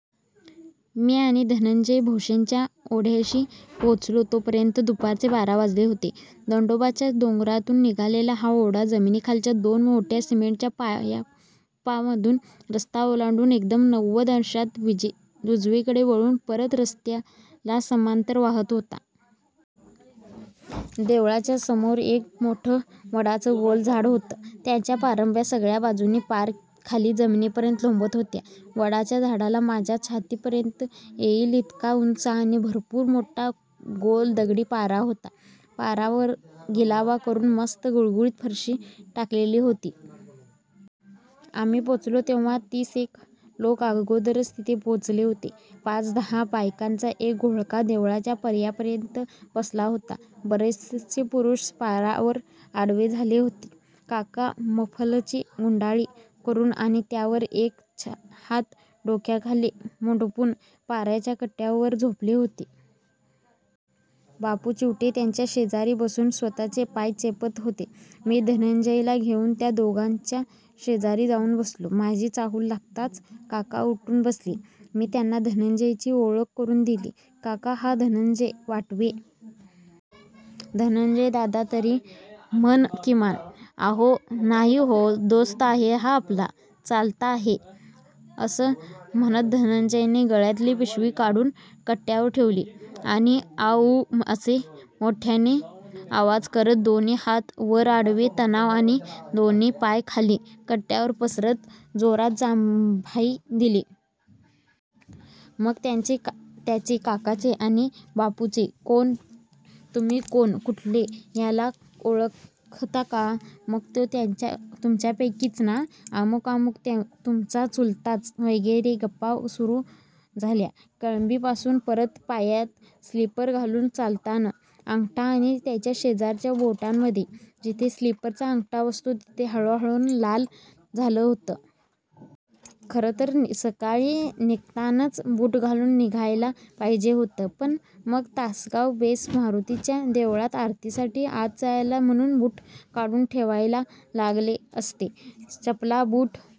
मी आणि धनंजय भोश्याच्या ओढ्याशी पोचलो तोपर्यंत दुपारचे बारा वाजले होते. दंडोबाच्या डोंगरातून निघालेला हा ओढा, जमिनीखालच्या दोन मोठ्या सिमेंटच्या पायपांमधून रस्ता ओलांडत एकदम नव्वद अंशात उजवीकडे वळून परत रस्त्याला समांतर वाहत होता. देवळाच्या समोर एक मोठ वडाचं गोल झाड होतं. त्याच्या पारंब्या सगळ्या बाजूंनी पार खाली जमिनीपर्यंत लोंबत होत्या. वडाच्या झाडाला माझ्या छातीपर्यंत येइल इतका उंच आणि भरपूर मोठा गोल दगडी पार होता. पारावर गिलावा करुन मस्त गुळगुळीत फरशी टाकलेली होती. आम्ही पोचलो तेव्हा तीसएक लोकं अगोदरच तिथे पोचलेले होते. पाच-दहा बायकांचा एक घोळका देवळाच्या पायर्यांवर बसला होता. बरेचसे पुरुष पारावर आडवे झाले होते. काका मफलरची गुंडाळी करुन आणि त्यावर एक हात डोक्याखाली मुडपून पाराच्या कट्टयावर वर झोपले होते. बापू चिवटे त्यांच्या शेजारी बसून स्वतःचे पाय चेपत होते. मी धनंजयला घेऊन त्या दोघांच्या शेजारी राहुल जाऊन बसलो. माझी चाहूल लागताच काका उठून बसले. मी त्यांना धनंजयची ओळख करुन दिली. काका, हा धनंजय वाटवे. धनंजयदादा तरी म्हण किमान. अहो नाही हो. दोस्त आहे हा आपला. चलता है. असं म्हणत धनंजयने गळ्यातली पिशवी काढून कट्यावर ठेवली आणि आं उं असे मोठ्याने आवाज करत, दोन्ही हात वरआडवे ताणत आणि दोन्ही पाय खाली कट्यावर पसरत जोरात जांभई दिली. मग त्याचे, काकांचे आणि बापूंचे, तुम्ही कोण, कुठले, ह्याला ओळखता का, मग तो तुमच्यापैकीच ना, अमूक अमूक तुमचा चुलताच वगैरे गप्पा सुरु झाल्या. कळंबीपासून परत पायात स्लीपर घालून चालताना, अंगठा आणि त्याच्या शेजारच्या बोटाच्यामध्ये, जिथे स्लीपरचा अंगठा बसतो, तिथे हळूहळून लाल झालं होतं. खरतर सकाळी निघतानाच बूट घालून निघायला पाहिजे होतं. पण मग तासगाव वेस मारुतीच्या देवळात आरतीसाठी आत जायला म्हणुन बूट काढून ठेवायला लागले असते. चपला-बूट